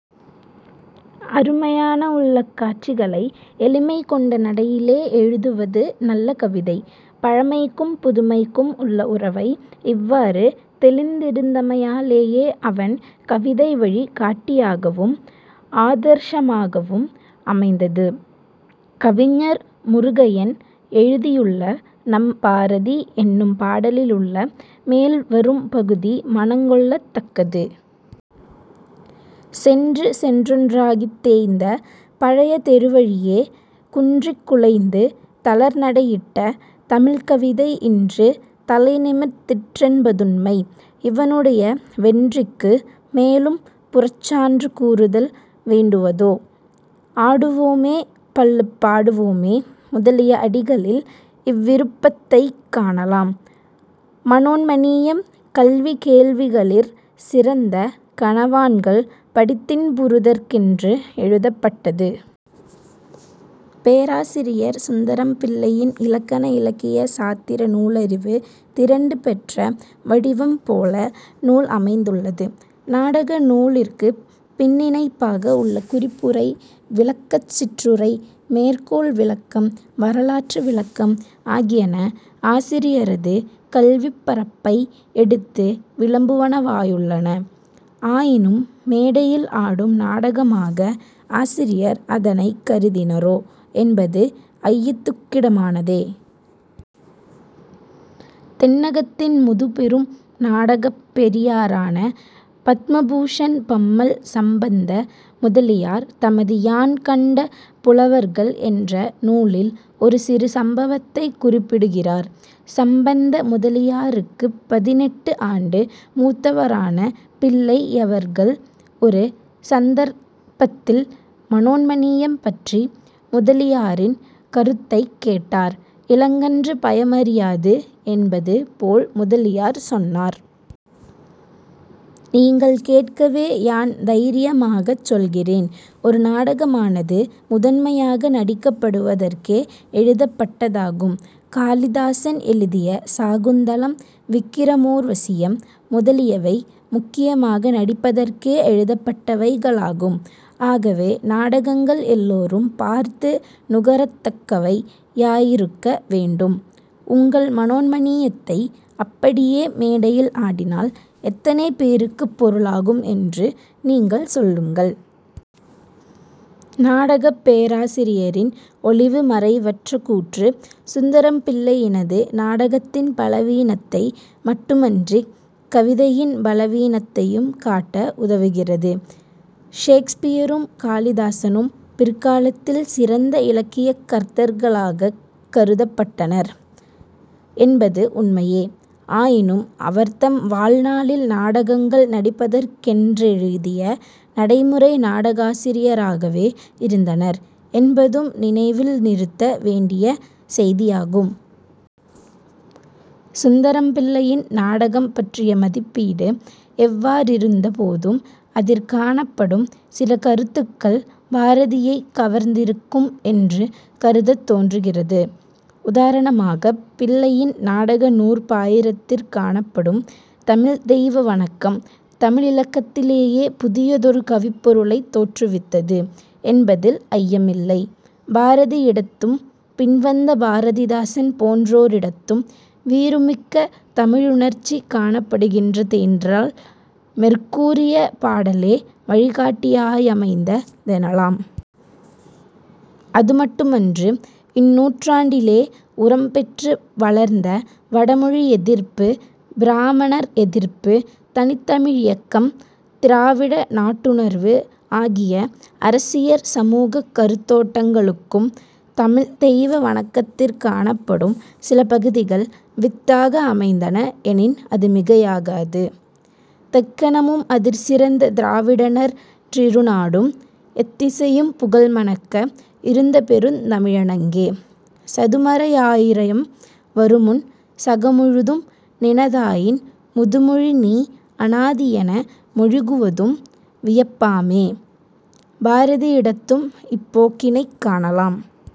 அருமையான உள்ளக் காட்சிகளை எளிமை கொண்ட நடையிலே எழுதுவது நல்ல கவிதை. " பழமைக்கும், புதுமைக்கும் உள்ள உறவை இவ்வாறு தௌிந்திருந்தமையாலேயே அவன் கவிதை வழி காட்டியாகவும், ஆதர்ஷமாகவும் அமைந்தது. கவிஞர் முருகையன் எழுதியுள்ள 'நம் பாரதி' என்னும் பாடலிலுள்ள மேல்வரும் பகுதி மனங்கொள்ளத் தக்கது. "சென்று சென்றொன்றாகித் தேய்ந்த பழைய தெருவழியே குன்றிக் குலைந்து தளர்நடையிட்ட தமிழ்க்கவிதை இன்று தலைநிமிர்த் திற்றென்பதுண்மை இவனுடைய வென்றிக்கு மேலும் புறச்சான்று கூறுதல் வேண்டுவதோ? " "ஆடுவோமே பள்ளுப் பாடுவோமே" முதலிய அடிகளில் இவ்விருப்பத்தைக் காணலாம். மனோன்மணீயம் "கல்வி கேள்விகளிற் சிறந்த கனவான்கள்" படித்தின்புறுதற்கென்று எழுதப்பட்டது. பேராசிரியர் சுந்தரம்பிள்ளையின் இலக்கண, இலக்கிய, சாத்திர நூலறிவு திரண்டு பெற்ற வடிவம் போல நூல் அமைந்துள்ளது. நாடக நூலிற்குப் பின்னிணைப்பாக உள்ள குறிப்புரை, விளக்கச் சிற்றுரை, மேற்கோள் விளக்கம், வரலாற்று விளக்கம் ஆகியன ஆசிரியரது கல்விப் பரப்பை எடுத்து விளம்புவனவாயுள்ளன. ஆயினும் மேடையில் ஆடும் நாடகமாக ஆசிரியர் அதனைக் கருதினரோ என்பது ஐயத்துக்கிடமானதே. தென்னகத்தின் முதுபெரும் நாடகப் பெரியாரான பத்மபூஷன் பம்மல் சம்பந்த முதலியார் தமது யான் கண்ட புலவர்கள் என்ற நூலில் ஒரு சிறு சம்பவத்தைக் குறிப்பிடுகிறார். சம்பந்த முதலியாருக்குப் பதினெட்டு ஆண்டு மூத்தவரான பிள்ளையவர்கள் ஒரு சந்தர்ப்பத்தில் மனோன்மணீயம் பற்றி முதலியாரின் கருத்தைக் கேட்டார். இளங்கன்று பயமறியாது என்பது போல் முதலியார் சொன்னார்.: "நீங்கள் கேட்கவே யான் தைரியமாகச் சொல்கிறேன். ஒரு நாடகமானது முதன்மையாக நடிக்கப்படுவதற்கே எழுதப்பட்டதாகும். காளிதாசன் எழுதிய சாகுந்தலம், விக்கிரமோர்வசியம் முதலியவை முக்கியமாக நடிப்பதற்கே எழுதப்பட்டவைகளாகும். ஆகவே நாடகங்கள் எல்லோரும் பார்த்து நுகரத்தக்கவை யாயிருக்க வேண்டும். உங்கள் மனோன்மணீயத்தை அப்படியே மேடையில் ஆடினால் எத்தனை பேருக்குப் பொருளாகும் என்று நீங்கள் சொல்லுங்கள். "। நாடகப் பேராசிரியரின் ஒளிவு மறைவற்ற கூற்று சுந்தரம்பிள்ளையினது நாடகத்தின் பலவீனத்தை மட்டுமன்றிக் கவிதையின் பலவீனத்தையும் காட்ட உதவுகிறது. ஷேக்ஸ்பியரும், காளிதாசனும் பிற்காலத்தில் சிறந்த இலக்கியக் கர்த்தாக்களாகக் கருதப்பட்டனர் என்பது உண்மையே. ஆயினும் அவர்தம் வாழ்நாளில் நாடகங்கள் நடிப்பதற்கென்றெழுதிய நடைமுறை நாடகாசிரியராகவே இருந்தனர் என்பதும் நினைவில் நிறுத்த வேண்டிய செய்தியாகும். சுந்தரம்பிள்ளையின் நாடகம் பற்றிய மதிப்பீடு எவ்வாறிருந்த போதும் அதிற் காணப்படும் சில கருத்துக்கள் பாரதியைக் கவர்ந்திருக்கும் என்று கருதத்தோன்றுகிறது. உதாரணமாகப் பிள்ளையின் நாடக நூற் பாயிரத்திற் காணப்படும் தமிழ்த் தெய்வ வணக்கம் தமிழிலக்கியத்திலேயே புதியதொரு கவிப்பொருளைத் தோற்றுவித்தது என்பதில் ஐயமில்லை. பாரதியிடத்தும் பின்வந்த பாரதிதாசன் போன்றோரிடத்தும் வீறுமிக்க தமிழுணர்ச்சி காணப்படுகின்ற தென்றால் மேற்கூறிய பாடலே வழிகாட்டியாயமைந்த தெனலாம். அதுமட்டுமன்று; இந்நூற்றாண்டிலே உரம்பெற்று வளர்ந்த வடமொழி எதிர்ப்பு, பிராமணர் எதிர்ப்பு, தனித்தமிழியக்கம், திராவிட நாட்டுணர்வு ஆகிய அரசியற் சமூகக் கருத்தோட்டங்களுக்கும் தமிழ்த் தெய்வ வணக்கத்திற் காணப்படும் சில பகுதிகள் வித்தாக அமைந்தன எனின் அது மிகையாகாது. "தெக்கணமும் அதிற் சிறந்த திராவிட நற் றிருநாடும்" "எத்திசையும் புகழ்மணக்க இருந்தபெருந் தமிழணங்கே" "சதுமறையாரியம் வருமுன் சகமுழுதும் நினதாயின் முதுமொழி நீ அநாதியென மொழிகுவதும் வியப்பாமே" பாரதியிடத்தும் இப்போக்கினைக் காணலாம்.